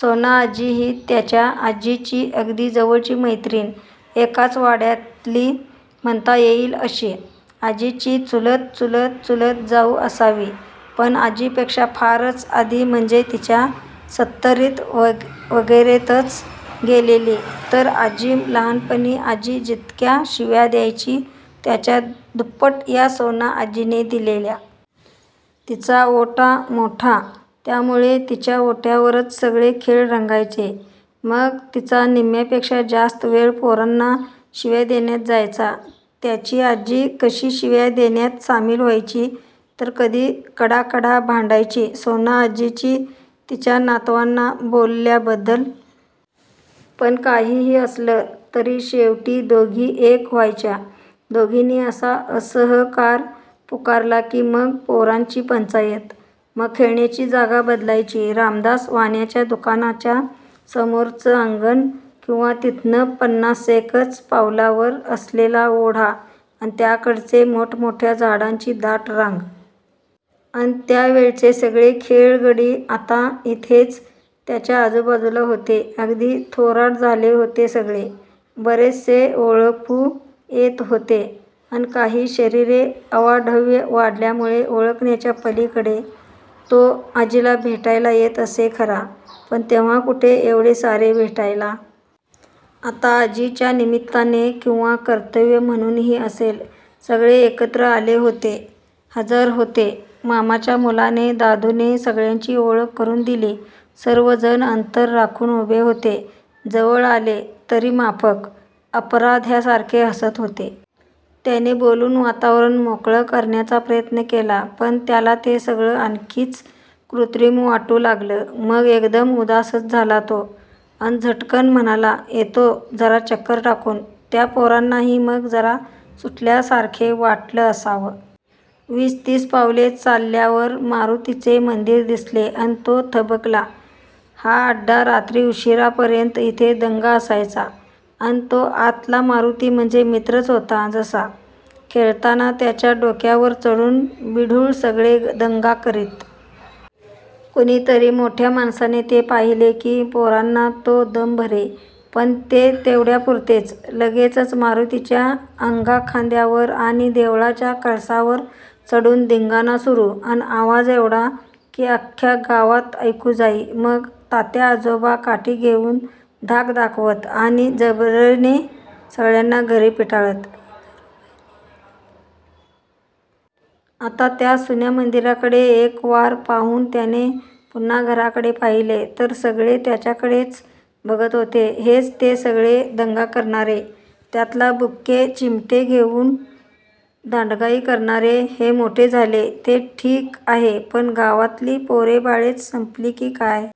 सोनाआजी ही त्याच्या आजीची अगदी जवळची मैत्रीण. एकाच वाड्यातली म्हणता येइल अशी. आजीची चुलत चुलत चुलत जाऊ असावी. पण आजीपेक्षा फारच आधी म्हणजे तिच्या सत्तरीत वगैरेतच गेलेली. तर आजी लहाणपणी आजी जितक्या शिव्या द्यायची, त्याच्या दुप्पट या सोनाआज्जीने दिलेल्या. तिचा ओटा मोठा, त्यामूळे तिच्या ओट्यावरच सगळे खेळ रंगायचे. मग तिचा निम्म्यापेक्षा जास्त वेळ पोरांना शिव्या देण्यात जायचा. त्याची आजी कधी शिव्या देण्यात सामील व्हायची, तर कधी कडाकडा भांडायची सोनाआजीशी. तिच्या नातवांना बोलल्याबद्दल. पण काहीही असलं, तरी शेवटी दोघी एक व्हायच्या. दोघींनी असा असहकार पुकारला, की मग पोरांची पंचाईत. मग खेळण्याची जागा बदलायची. रामदास वाण्याच्य़ा दुकानाच्या समोरचं अंगण, किंवा तिथनं पन्नासेकच पावलांवर असलेला ओढा अन त्याकडेची मोठमोठ्या झाडांची दाट रांग. अन त्यावेळचे सगळे खेळगडी आता इथेच त्याच्या आजूबाजूला होते. अगदी थोरात झाले होते सगळे. बरेचसे ओळखू येत होते, अन काही शरीरे अवाढव्य वाढल्यामूळे ओळखण्याच्या पलीकडे. तो आजीला भेटायला येत असे खरा, पण तेव्हा कुठे एवढे सारे भेटायला. आता आजीच्या निमित्ताने किंवा कर्तव्य म्हणूनही असेल, सगळे एकत्र आले होते, हजर होते. मामाच्या मुलाने, दादूने सगळ्यांची ओळख करून दिली. सर्व जण अंतर राखून उभे होते. जवळ आले, तरी माफक, अपराध्यासारखे हसत होते. त्याने बोलून वातावरण मोकळं करण्याचा प्रयत्न केला, पण त्याला ते सगळं आणखीच कृत्रिम वाटू लागलं. मग एकदम उदासच झाला तो, अन झटकन म्हणाला, येतो जरा चक्कर टाकून. त्या पोरांनाही मग जरा सुटल्यासारखे वाटलं असावं! वीस तीस पावले चालल्यावर मारूतीचे मंदीर दिसले अन तो थबकला. हा अड्डा. रात्री उशीरापर्यंत इथे दंगा असायचा. अन तो आतला मारूती म्हणजे मित्रच होता जसा. खेळताना त्याच्या डोक्यावर चढून बिढून सगळे दंगा करीत. कुणीतरी मोठ्या माणसाने ते पाहिले, की पोरांना तो दम भरे, पण ते तेवढ्यापूरतेच. लगेचच मारूतीच्या अंगाखांद्यावर आणि देवळाच्या कळसावर चढून धिंगाणा सुरू. अन आवाज एवढा, की अख्ख्या गावात ऐकू जाई. मग तात्याआजोबा काठी घेऊन धाक दाखवत आणि जरबेने सगळ्यांना घरी पिटाळत. आता त्या सुन्या मंदीराकडे एकवार पाहून त्याने पुन्हा घराकडे पाहिले, तर सगळे त्याच्याकडेच बघत होते. हेच ते सगळे दंगा करणारे, त्याला बुक्के, चिमटे घेऊन दांडगाई करणारे. हे मोठे झाले, ते ठीक आहे, पण गावातली पोरेबाळेच संपली की काय?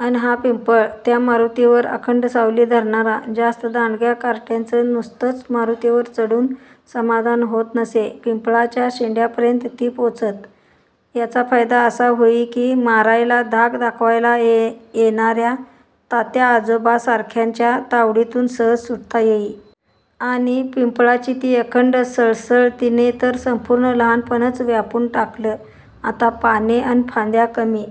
अन हा पिंपळ. त्या मारूतीवर अखंड सावली धरणारा. जास्त दांडग्या कार्ट्यांचं नुसतंच मारूतीवर चढून समाधान होत नसे. पिंपळाच्या शेंड्यापर्यंत ती पोचत. याचा फायदा असा होई, की मारायला, धाक दाखवायला येणाऱ्या तात्याआजोबा सारख्यांच्या तावडीतून सहज सुटता येई. आणि पिंपळाची ती अखंड सळसळ. तिने तर संपूर्ण लहाणपणच व्यापून टाकलं. आता पाने अन फांद्या कमी--